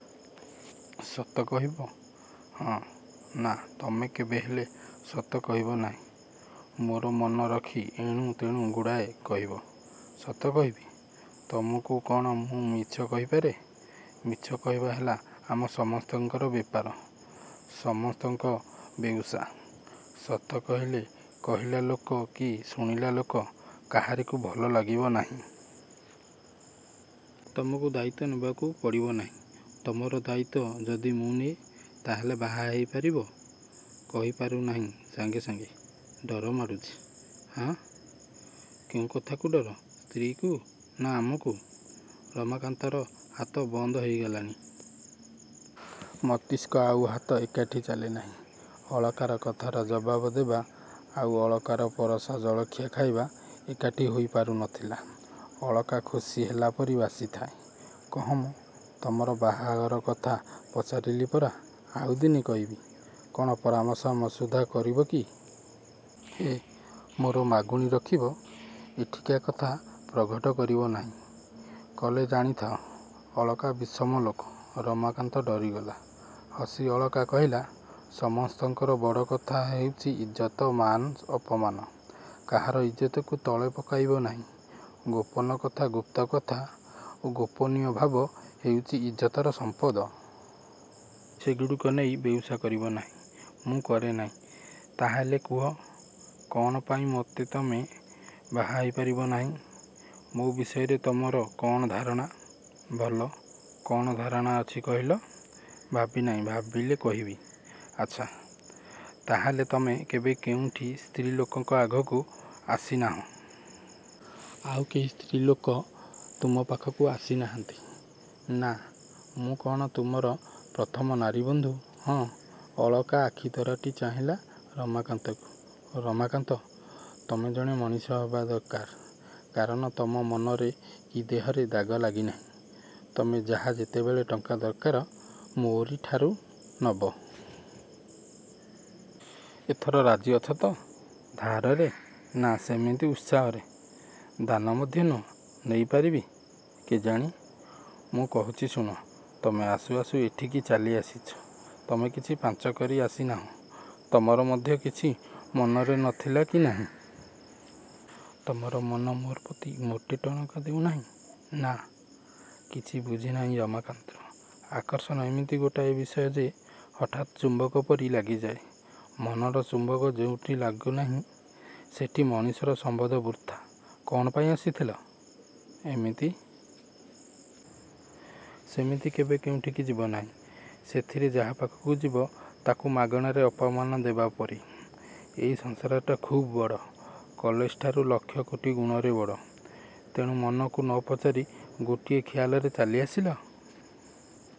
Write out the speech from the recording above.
–ସତ କହିବ-? –ହଁ। –ନା, ତମେ କେବେହେଲେ ସତ କହିବ ନାହିଁ। ମୋର ମନ ରଖି ଏଣୁ ତେଣୁ ଗୁଡ଼ାଏ କହିବ। –ସତ କହିବି। ତୁମକୁ କ'ଣ ମୁଁ ମିଛ କହିପାରେ? –ମିଛ କହିବା ହେଲା ଆମର ସମସ୍ତଙ୍କର ବେପାର–ସମସ୍ତଙ୍କ ବେଉସା। ସତ କହିଲେ କହିଲା ଲୋକ କି ଶୁଣିଲା ଲୋକ–କାହାରିକୁ ଭଲ ଲାଗିବ ନାହିଁ।... –ତୁମକୁ ଦାୟିତ୍ୱ ନେବାକୁ ପଡ଼ିବ ନାହିଁ। ତମର ଦାୟିତ୍ୱ ଯଦି ମୁଁ ନିଏ, ତାହାହେଲେ ବାହା ହେଇ ପାରିବ? –କହି ପାରୁ ନାହିଁ ସାଙ୍ଗେ ସାଙ୍ଗେ। –ଡର ମାଡ଼ୁଛି? –ହଁ। –କେଉଁ କଥାକୁ ଡର? ସ୍ତ୍ରୀଙ୍କୁ? –ନା ଆମକୁ? ରମାକାନ୍ତର ହାତ ବନ୍ଦ ହେଇ ଗଲାଣି। ମସ୍ତିଷ୍କ ଆଉ ହାତ ଏକାଠି ଚାଲେ ନାହିଁ। ଅଳକାର କଥାର ଜବାବ ଦେବା ଆଉ ଅଳକାର ପରସା ଜଳଖିଆ ଖାଇବା–ଏକାଠି ହୋଇପାରୁ ନ ଥିଲା। ଅଳକା ଖୁସି ହେଲାପରି ବସିଥାଏ। –କୁହ ମ। ତମର ବାହାଘର କଥା ପଚାରିଲି ପରା। –ଆଉ ଦିନେ କହିବି। –କ'ଣ ପରାମର୍ଶ ମସୁଧା କରିବ କି? –ହେ, ମୋର ମାଗୁଣି ରଖିବ। ଏଠିକା କଥା ପ୍ରଘଟ କରିବ ନାହିଁ।... କଲେ ଜାଣିଥାଅ, ଅଳକା ବିଷମ ଲୋକ। ରମାକାନ୍ତ ଡରିଗଲା। ହସି ଅଳକା କହିଲା–ସମସ୍ତଙ୍କର ବଡ଼ କଥା ହେଉଛି ଇଜ୍ଜତ–ମାନ ଅପମାନ। କାହାରି ଇଜ୍ଜତକୁ ତଳେ ପକାଇବ ନାହିଁ। ଗୋପନ କଥା, ଗୁପ୍ତ କଥା, ଗୋପନୀୟ ଭାବ–ହେଉଛି ଇଜ୍ଜତର ସଂପଦ। ସେଗୁଡ଼ିକ ନେଇ ବେଉଷା କରିବ ନାହିଁ। –ମୁଁ କରେ ନାହିଁ। –ତାହା ହେଲେ କୁହ–କ'ଣ ପାଇଁ ମତେ ତମେ ବାହା ହୋଇପାରିବ ନାହିଁ?... ମୋ ବିଷୟରେ ତମର କ'ଣ ଧାରଣା? –ଭଲ। –କଣ ଧାରଣା ଅଛି କହିଲ।? –ଭାବି ନାହିଁ। ଭାବିଲେ କହିବି। –ଆଚ୍ଛା, ତାହାହେଲେ ତମେ କେବେ କେଉଁଠି ସ୍ତ୍ରୀ ଲୋକଙ୍କ ଆଗକୁ ଆସିନାହଁ। ଆଉ କେହି ସ୍ତ୍ରୀ ଲୋକ ତୁମ ପାଖକୁ ଆସି ନାହାଁନ୍ତି। –ନା। –ମୁଁ କ'ଣ ତୁମର ପ୍ରଥମ ନାରୀବନ୍ଧୁ? –ହଁ। ଅଳକା ଆଖି ତରାଟି ଚାହିଁଲା–ରମାକାନ୍ତକୁ। –ରମାକାନ୍ତ, ତମେ ଜଣେ ମଣିଷ ହେବା ଦରକାର। କାରଣ ତମର ମନରେ କି ଦେହରେ ଦାଗ ଲାଗିନାହିଁ। ତମେ ଯାହା ଯେତେବେଳେ ଟଙ୍କା ଦରକାର, ମୋ'ରିଠାରୁ ନବ। ଏଥିରେ ରାଜି ଅଛ ତ? –ଧାରରେ। –ନା, ସେମିତି ଉତ୍ସାହରେ–ଦାନ ମଧ୍ୟ ନୁହେଁ। ନେଇ ପାରିବ? –କେଜାଣି? –ମୁଁ କହୁଛି ଶୁଣ। ତମେ ଆସୁ ଆସୁ ଏଠିକି ଚାଲି ଆସିଛ। ତମେ କିଛି ପାଞ୍ଚ କରି ଆସି ନାହଁ। ତମର ମଧ୍ୟ କିଛି ମନରେ ନ ଥିଲା କି ନାହିଁ। ତମର ମନ ମୋରି ପ୍ରତି ମୋଟେ ଟଣକା ଦେଉନାହିଁ। –ନା। –କିଛି ବୁଝିନାହିଁ ରମାକାନ୍ତ। ଆକର୍ଷଣ ଏମିତି ଗୋଟାଏ ବିଷୟ ଯେ ହଠାତ୍ ସେ ଚୁମ୍ବକ ପରି ଲାଗିଯାଏ। ମନର ଚୁମ୍ବକ ଯେଉଁଠି ଲାଗୁନାହିଁ ସେଠି ମଣିଷର ସମ୍ବନ୍ଧ ବୃଥା।... କ'ଣ ପାଇଁ ଆସିଥିଲ? –ଏମିତି। –ସେମିତି କେବେ କେଉଁଠିକି ଯିବନାହିଁ। ସେଥିରେ ଯାହା ପାଖକୁ ଯିବ ତା'କୁ ମାଗଣାରେ ଅପମାନ ଦେବା ପରି। ଏଇ ସଂସାରଟା ଖୁବ୍ ବଡ଼। କଲେଜଠାରୁ ଲକ୍ଷ କୋଟି ଗୁଣରେ ବଡ଼। ତେଣୁ ମନକୁ ନ ପଚାରି ଗୋଟିଏ ଖିଆଲରେ ଚାଲି ଆସିଲ।